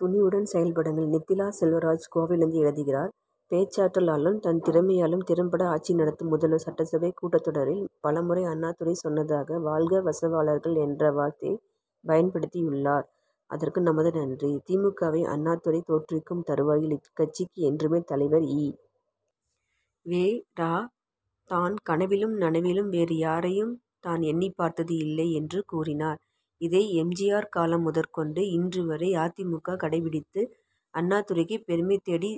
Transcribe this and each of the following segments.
துணிவுடன் செயல்படுங்கள் நித்திலா செல்வராஜ் கோவையிலிருந்து எழுதுகிறார் பேச்சாற்றலாலும் தன் திறமையாலும் திறம்பட ஆட்சி நடத்தும் முதல்வர் சட்டசபை கூட்டத்தொடரில் பலமுறை அண்ணாதுரை சொன்னதாக வாழ்க வசவாளர்கள் என்ற வார்த்தையை பயன்படுத்தியுள்ளார் அதற்கு நமது நன்றி. தி. மு. க.வை அண்ணாதுரை தோற்றுவிக்கும் தறுவாயில் இக்கட்சிக்கு என்றுமே தலைவர் ஈ. வெ. ரா. தான் கனவிலும் நனவிலும் வேறு யாரையும் தான் எண்ணி பார்த்தது இல்லை என்று கூறினார். இதை எம். ஜி. ஆர். காலம் முதற்கொண்டு இன்று வரை அ. தி. மு. க. கடைபிடித்து அண்ணாதுரைக்கு பெருமை தேடி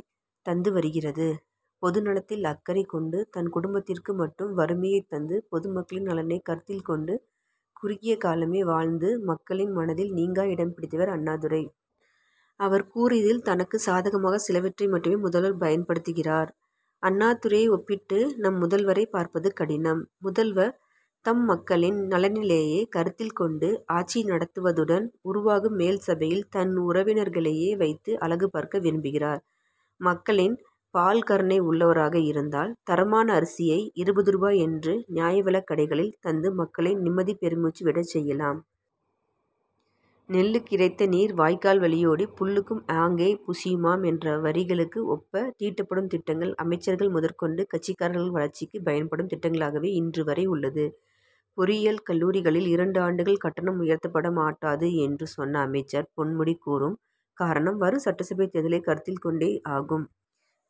தந்து வருகிறது. பொதுநலத்தில் அக்கறை கொண்டு தன் குடும்பத்திற்கு மட்டும் வறுமையை தந்து பொதுமக்களின் நலனை கருத்தில் கொண்டு குறுகிய காலமே வாழ்ந்து மக்களின் மனதில் நீங்கா இடம் பிடித்தவர் அண்ணாதுரை. அவர் கூறியதில் தனக்கு சாதகமாக சிலவற்றை மட்டுமே முதல்வர் பயன்படுத்துகிறார். அண்ணாதுரையை ஒப்பிட்டு நம் முதல்வரை பார்ப்பது கடினம். முதல்வர் தம் மக்களின் நலனிலேயே கருத்தில் கொண்டு ஆட்சி நடத்துவதுடன் உருவாகும் மேல்சபையில் தன் உறவினர்களையே வைத்து அழகு பார்க்க விரும்புகிறார். மக்களின் பால் கருணை உள்ளவராக இருந்தால் தரமான அரிசியை இருபது ரூபாய் என்று நியாய விலைக் கடைகளில் தந்து மக்களை நிம்மதி பெருமூச்சு விட செய்யலாம். நெல்லுக்கு இரைத்த நீர் வாய்க்கால் வழியோடி புல்லுக்கும் ஆங்கே புசியுமாம் என்ற வரிகளுக்கு ஒப்ப தீட்டப்படும் திட்டங்கள் அமைச்சர்கள் முதற்கொண்டு கட்சிக்காரர்கள் வளர்ச்சிக்கு பயன்படும் திட்டங்களாகவே இன்று வரை உள்ளது. பொறியியல் கல்லூரிகளில் இரண்டு ஆண்டுகள் கட்டணம் உயர்த்தப்பட மாட்டாது என்று சொன்ன அமைச்சர் பொன்முடி கூறும் காரணம் வரும் சட்டசபை தேர்தலை கருத்தில் கொண்டே ஆகும்.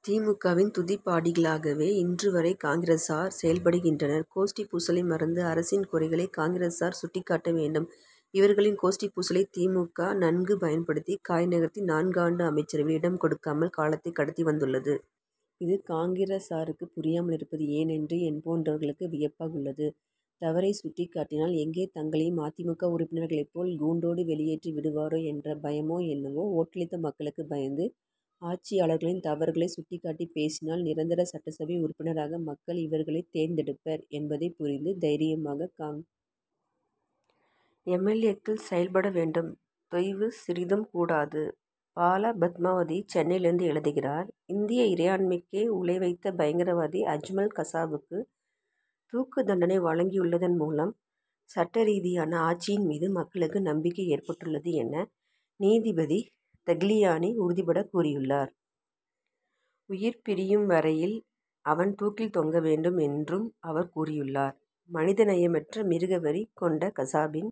தி. மு. க.வின் துதிபாடிகளாகவே இன்று வரை காங்கிரசார் செயல்படுகின்றனர். கோஷ்டிப் பூசலை மறந்து அரசின் குறைகளை காங்கிரசார் சுட்டிக்காட்ட வேண்டும். இவர்களின் கோஷ்டிப் பூசலை தி. மு. க. நன்கு பயன்படுத்தி காய் நகர்த்தி நான்கு ஆண்டு அமைச்சரவையில் இடம் கொடுக்காமல் காலத்தை கடத்தி வந்துள்ளது. இது காங்கிரசாருக்கு புரியாமல் இருப்பது ஏன் என்று என்போன்றவர்களுக்கு வியப்பாக உள்ளது. தவறை சுட்டிக் காட்டினால் எங்கே தங்களையும் அ. தி. மு. க. உறுப்பினர்களை போல் கூண்டோடு வெளியேற்றி விடுவரோ என்ற பயமோ என்னவோ. ஓட்டளித்த மக்களுக்கு பயந்து ஆட்சியாளர்களின் தவறுகளை சுட்டிக்காட்டி பேசினால் நிரந்தர சட்டசபை உறுப்பினராக மக்கள் இவர்களை தேர்ந்தெடுப்பர் என்பதை புரிந்து தைரியமாக காங். எம். எல். ஏ.க்கள் செயல்பட வேண்டும். தொய்வு சிறிதும் கூடாது பால. பத்மாவதி சென்னையிலிருந்து எழுதுகிறார் இந்திய இறையாண்மைக்கே உலை வைத்த பயங்கரவாதி அஜ்மல் கசாபுக்கு தூக்குதண்டனை வழங்கியுள்ளதன் மூலம் சட்டரீதியான ஆட்சியின் மீது மக்களுக்கு நம்பிக்கை ஏற்பட்டுள்ளது என நீதிபதி தகிலியானி உறுதிபடக் கூறியுள்ளார். உயிர் பிரியும் வரையில் அவன் தூக்கில் தொங்க வேண்டும் என்றும் அவர் கூறியுள்ளார். மனித நேயமற்ற மிருகவெறி கொண்ட கசாபின்